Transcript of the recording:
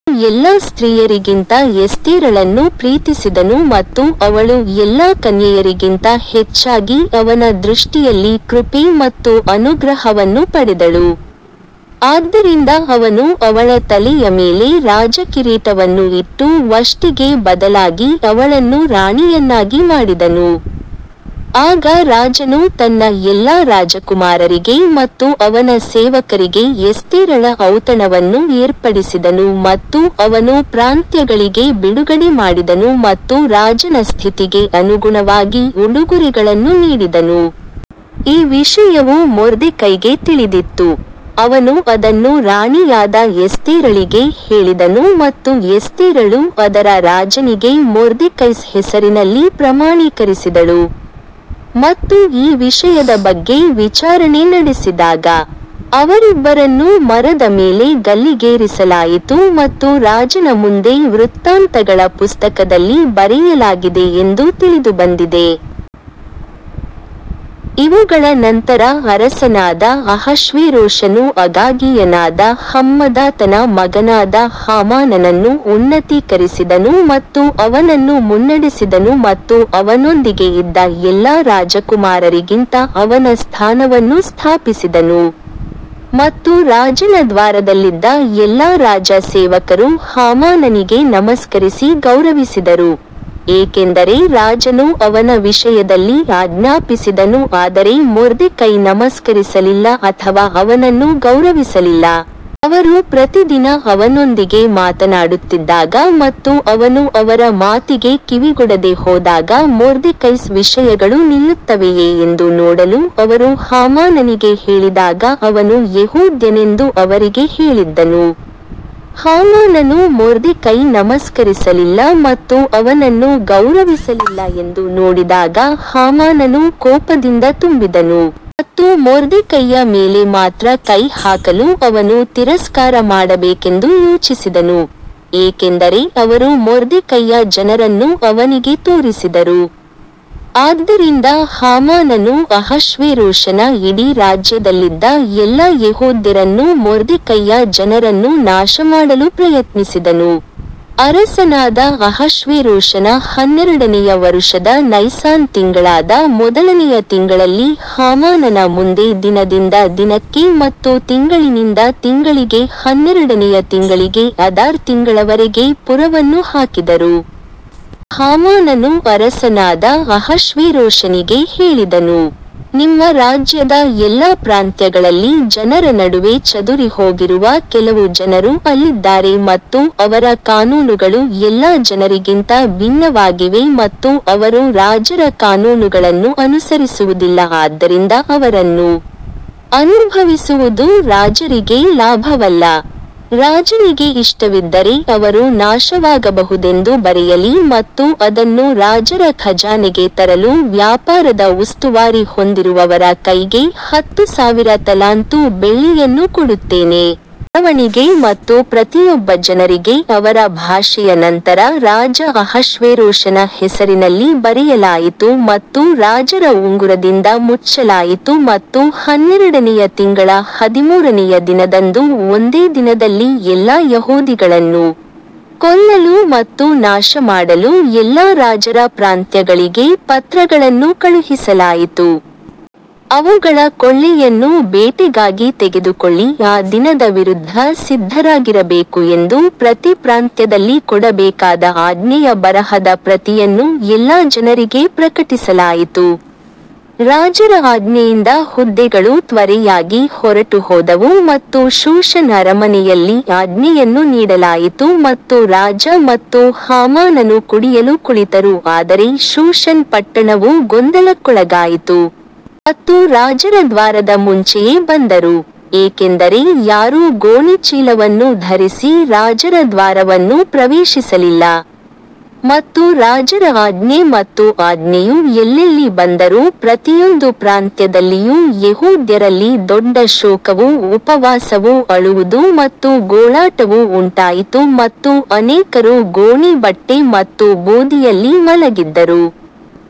ರಾಜನು ಎಲ್ಲಾ ಸ್ತ್ರೀಯರಿಗಿಂತ ಎಸ್ತೇರಳನ್ನು ಪ್ರೀತಿಸಿದನು ಮತ್ತು ಅವಳು ಎಲ್ಲಾ ಕನ್ಯೆಯರಿಗಿಂತ ಹೆಚ್ಚಾಗಿ ಅವನ ದೃಷ್ಟಿಯಲ್ಲಿ ಕೃಪೆ ಮತ್ತು ಅನುಗ್ರಹವನ್ನು ಪಡೆದಳು, ಆದ್ದರಿಂದ ಅವನು ಅವಳ ತಲೆಯ ಮೇಲೆ ರಾಜಕಿರೀಟವನ್ನು ಇಟ್ಟು ವಷ್ಟಿಗೆ ಬದಲಾಗಿ ಅವಳನ್ನು ರಾಣಿಯನ್ನಾಗಿ ಮಾಡಿದನು. ಆಗ ರಾಜನು ತನ್ನ ಎಲ್ಲಾ ರಾಜಕುಮಾರರಿಗೆ ಮತ್ತು ಅವನ ಸೇವಕರಿಗೆ ಎಸ್ತೇರಳ ಔತಣವನ್ನು ಏರ್ಪಡಿಸಿದನು ಮತ್ತು ಅವನು ಪ್ರಾಂತ್ಯಗಳಿಗೆ ಬಿಡುಗಡೆ ಮಾಡಿದನು ಮತ್ತು ರಾಜನ ಸ್ಥಿತಿಗೆ ಅನುಗುಣವಾಗಿ ಉಡುಗೊರೆಗಳನ್ನು ನೀಡಿದನು. ಈ ವಿಷಯವು ಮೊರ್ದೆಕೈಗೆ ತಿಳಿದಿತ್ತು, ಅವನು ಅದನ್ನು ರಾಣಿಯಾದ ಎಸ್ತೇರಳಿಗೆ ಹೇಳಿದನು ಮತ್ತು ಎಸ್ತೇರಳು ಅದರ ರಾಜನಿಗೆ ಮೊರ್ದೆಕೈಸ್ ಹೆಸರಿನಲ್ಲಿ ಪ್ರಮಾಣೀಕರಿಸಿದಳು. ಮತ್ತು ಈ ವಿಷಯದ ಬಗ್ಗೆ ವಿಚಾರಣೆ ನಡೆಸಿದಾಗ, ಅವರಿಬ್ಬರನ್ನೂ ಮರದ ಮೇಲೆ ಗಲ್ಲಿಗೇರಿಸಲಾಯಿತು ಮತ್ತು ರಾಜನ ಮುಂದೆ ವೃತ್ತಾಂತಗಳ ಪುಸ್ತಕದಲ್ಲಿ ಬರೆಯಲಾಗಿದೆ ಎಂದು ತಿಳಿದುಬಂದಿದೆ. ಇವುಗಳ ನಂತರ ಅರಸನಾದ ಅಹಷ್ವೇರೋಷನು ಅಗಾಗೀಯನಾದ ಹಮ್ಮದಾತನ ಮಗನಾದ ಹಾಮಾನನನ್ನು ಉನ್ನತೀಕರಿಸಿದನು ಮತ್ತು ಅವನನ್ನು ಮುನ್ನಡೆಸಿದನು ಮತ್ತು ಅವನೊಂದಿಗೆ ಇದ್ದ ಎಲ್ಲಾ ರಾಜಕುಮಾರರಿಗಿಂತ ಅವನ ಸ್ಥಾನವನ್ನು ಸ್ಥಾಪಿಸಿದನು. ಮತ್ತು ರಾಜನ ದ್ವಾರದಲ್ಲಿದ್ದ ಎಲ್ಲಾ ರಾಜ ಸೇವಕರು ಹಾಮಾನನಿಗೆ ನಮಸ್ಕರಿಸಿ ಗೌರವಿಸಿದರು, ಏಕೆಂದರೆ ರಾಜನು ಅವನ ವಿಷಯದಲ್ಲಿ ಆಜ್ಞಾಪಿಸಿದನು ಆದರೆ ಮೊರ್ದೆಕೈ ನಮಸ್ಕರಿಸಲಿಲ್ಲ ಅಥವಾ ಅವನನ್ನು ಗೌರವಿಸಲಿಲ್ಲ. ಅವರು ಪ್ರತಿದಿನ ಅವನೊಂದಿಗೆ ಮಾತನಾಡುತ್ತಿದ್ದಾಗ ಮತ್ತು ಅವನು ಅವರ ಮಾತಿಗೆ ಕಿವಿಗೊಡದೆ ಹೋದಾಗ ಮೊರ್ದೆಕೈಸ್ ವಿಷಯಗಳು ನಿಲ್ಲುತ್ತವೆಯೇ ಎಂದು ನೋಡಲು ಅವರು ಹಾಮಾನನಿಗೆ ಹೇಳಿದಾಗ ಅವನು ಯೆಹೂದ್ಯನೆಂದು ಅವರಿಗೆ ಹೇಳಿದ್ದನು. ಹಾಮಾನನು ಮೊರ್ದೆಕೈ ನಮಸ್ಕರಿಸಲಿಲ್ಲ ಮತ್ತು ಅವನನ್ನು ಗೌರವಿಸಲಿಲ್ಲ ಎಂದು ನೋಡಿದಾಗ ಹಾಮಾನನು ಕೋಪದಿಂದ ತುಂಬಿದನು. ಮತ್ತು ಮೊರ್ದೆಕೈಯ ಮೇಲೆ ಮಾತ್ರ ಕೈ ಹಾಕಲು ಅವನು ತಿರಸ್ಕಾರ ಮಾಡಬೇಕೆಂದು ಯೋಚಿಸಿದನು, ಏಕೆಂದರೆ ಅವರು ಮೊರ್ದೆಕೈಯ ಜನರನ್ನು ಅವನಿಗೆ ತೋರಿಸಿದರು, ಆದ್ದರಿಂದ ಹಾಮಾನನು ಅಹಷ್ವೇರೋಷನ ಇಡೀ ರಾಜ್ಯದಲ್ಲಿದ್ದ ಎಲ್ಲಾ ಯೆಹೂದ್ಯರನ್ನು ಮೊರ್ದೆಕೈಯ ಜನರನ್ನು ನಾಶಮಾಡಲು ಪ್ರಯತ್ನಿಸಿದನು. ಅರಸನಾದ ಅಹಷ್ವೇರೋಷನ ಹನ್ನೆರಡನೆಯ ವರುಷದ ನೈಸಾನ್ ತಿಂಗಳಾದ ಮೊದಲನೆಯ ತಿಂಗಳಲ್ಲಿ ಹಾಮಾನನ ಮುಂದೆ ದಿನದಿಂದ ದಿನಕ್ಕೆ ಮತ್ತು ತಿಂಗಳಿನಿಂದ ತಿಂಗಳಿಗೆ ಹನ್ನೆರಡನೆಯ ತಿಂಗಳಿಗೆ ಅದಾರ್ ತಿಂಗಳವರೆಗೆ ಪುರವನ್ನು ಹಾಕಿದರು. ಮತ್ತು ಹಾಮಾನನು ಅರಸನಾದ ಅಹಷ್ವೇರೋಷನಿಗೆ ಹೇಳಿದನು, ನಿಮ್ಮ ರಾಜ್ಯದ ಎಲ್ಲಾ ಪ್ರಾಂತ್ಯಗಳಲ್ಲಿ ಜನರ ನಡುವೆ ಚದುರಿಹೋಗಿರುವ ಕೆಲವು ಜನರು ಅಲ್ಲಿದ್ದಾರೆ ಮತ್ತು ಅವರ ಕಾನೂನುಗಳು ಎಲ್ಲಾ ಜನರಿಗಿಂತ ಭಿನ್ನವಾಗಿವೆ ಮತ್ತು ಅವರು ರಾಜರ ಕಾನೂನುಗಳನ್ನು ಅನುಸರಿಸುವುದಿಲ್ಲ ಆದ್ದರಿಂದ ಅವರನ್ನು ಅನುಭವಿಸುವುದು ರಾಜರಿಗೆ ಲಾಭವಲ್ಲ. ರಾಜನಿಗೆ ಇಷ್ಟವಿದ್ದರೆ ಅವರು ನಾಶವಾಗಬಹುದೆಂದು ಬರೆಯಲಿ ಮತ್ತು ಅದನ್ನು ರಾಜರ ಖಜಾನೆಗೆ ತರಲು ವ್ಯಾಪಾರದ ಉಸ್ತುವಾರಿ ಹೊಂದಿರುವವರ ಕೈಗೆ ಹತ್ತು ಸಾವಿರ ತಲಾಂತು ಬೆಳ್ಳಿಯನ್ನು ಕೊಡುತ್ತೇನೆ. ಅದರ ಬರವಣಿಗೆ ಮತ್ತು ಪ್ರತಿಯೊಬ್ಬ ಜನರಿಗೆ ಅವರ ಭಾಷೆಯ ನಂತರ ರಾಜ ಅಹಷ್ವೇರೋಷನ ಹೆಸರಿನಲ್ಲಿ ಬರೆಯಲಾಯಿತು ಮತ್ತು ರಾಜರ ಉಂಗುರದಿಂದ ಮುಚ್ಚಲಾಯಿತು ಮತ್ತು ಹನ್ನೆರಡನೆಯ ತಿಂಗಳ ಹದಿಮೂರನೆಯ ದಿನದಂದು ಒಂದೇ ದಿನದಲ್ಲಿ ಎಲ್ಲಾ ಯಹೂದಿಗಳನ್ನು ಕೊಲ್ಲಲು ಮತ್ತು ನಾಶಮಾಡಲು ಎಲ್ಲಾ ರಾಜರ ಪ್ರಾಂತ್ಯಗಳಿಗೆ ಪತ್ರಗಳನ್ನು ಕಳುಹಿಸಲಾಯಿತು. ಅವುಗಳ ಕೊಳ್ಳೆಯನ್ನು ಬೇಟೆಗಾಗಿ ತೆಗೆದುಕೊಳ್ಳಿ ಆ ದಿನದ ವಿರುದ್ಧ ಸಿದ್ಧರಾಗಿರಬೇಕು ಎಂದು ಪ್ರತಿ ಪ್ರಾಂತ್ಯದಲ್ಲಿ ಕೊಡಬೇಕಾದ ಆಜ್ಞೆಯ ಬರಹದ ಪ್ರತಿಯನ್ನು ಎಲ್ಲಾ ಜನರಿಗೆ ಪ್ರಕಟಿಸಲಾಯಿತು. ರಾಜರ ಆಜ್ಞೆಯಿಂದ ಹುದ್ದೆಗಳು ತ್ವರೆಯಾಗಿ ಹೊರಟುಹೋದವು ಮತ್ತು ಶೂಷನ್ ಅರಮನೆಯಲ್ಲಿ ಆಜ್ಞೆಯನ್ನು ನೀಡಲಾಯಿತು ಮತ್ತು ರಾಜ ಮತ್ತು ಹಾಮಾನನು ಕುಡಿಯಲು ಕುಳಿತರು ಆದರೆ ಶೂಷನ್ ಪಟ್ಟಣವು ಗೊಂದಲಕ್ಕೊಳಗಾಯಿತು. ಮತ್ತು ರಾಜರ ದ್ವಾರದ ಮುಂಚೆಯೇ ಬಂದರು, ಏಕೆಂದರೆ ಯಾರೂ ಗೋಣಿಚೀಲವನ್ನು ಧರಿಸಿ ರಾಜರ ದ್ವಾರವನ್ನು ಪ್ರವೇಶಿಸಲಿಲ್ಲ. ಮತ್ತು ರಾಜರ ಆಜ್ಞೆ ಮತ್ತು ಆಜ್ಞೆಯು ಎಲ್ಲೆಲ್ಲಿ ಬಂದರೂ ಪ್ರತಿಯೊಂದು ಪ್ರಾಂತ್ಯದಲ್ಲಿಯೂ ಯೆಹೂದ್ಯರಲ್ಲಿ ದೊಡ್ಡ ಶೋಕವೂ ಉಪವಾಸವೂ ಅಳುವುದು ಮತ್ತು ಗೋಳಾಟವೂ ಉಂಟಾಯಿತು ಮತ್ತು ಅನೇಕರು ಗೋಣೀ ಬಟ್ಟೆ ಮತ್ತು ಬೂದಿಯಲ್ಲಿ ಮಲಗಿದ್ದರು.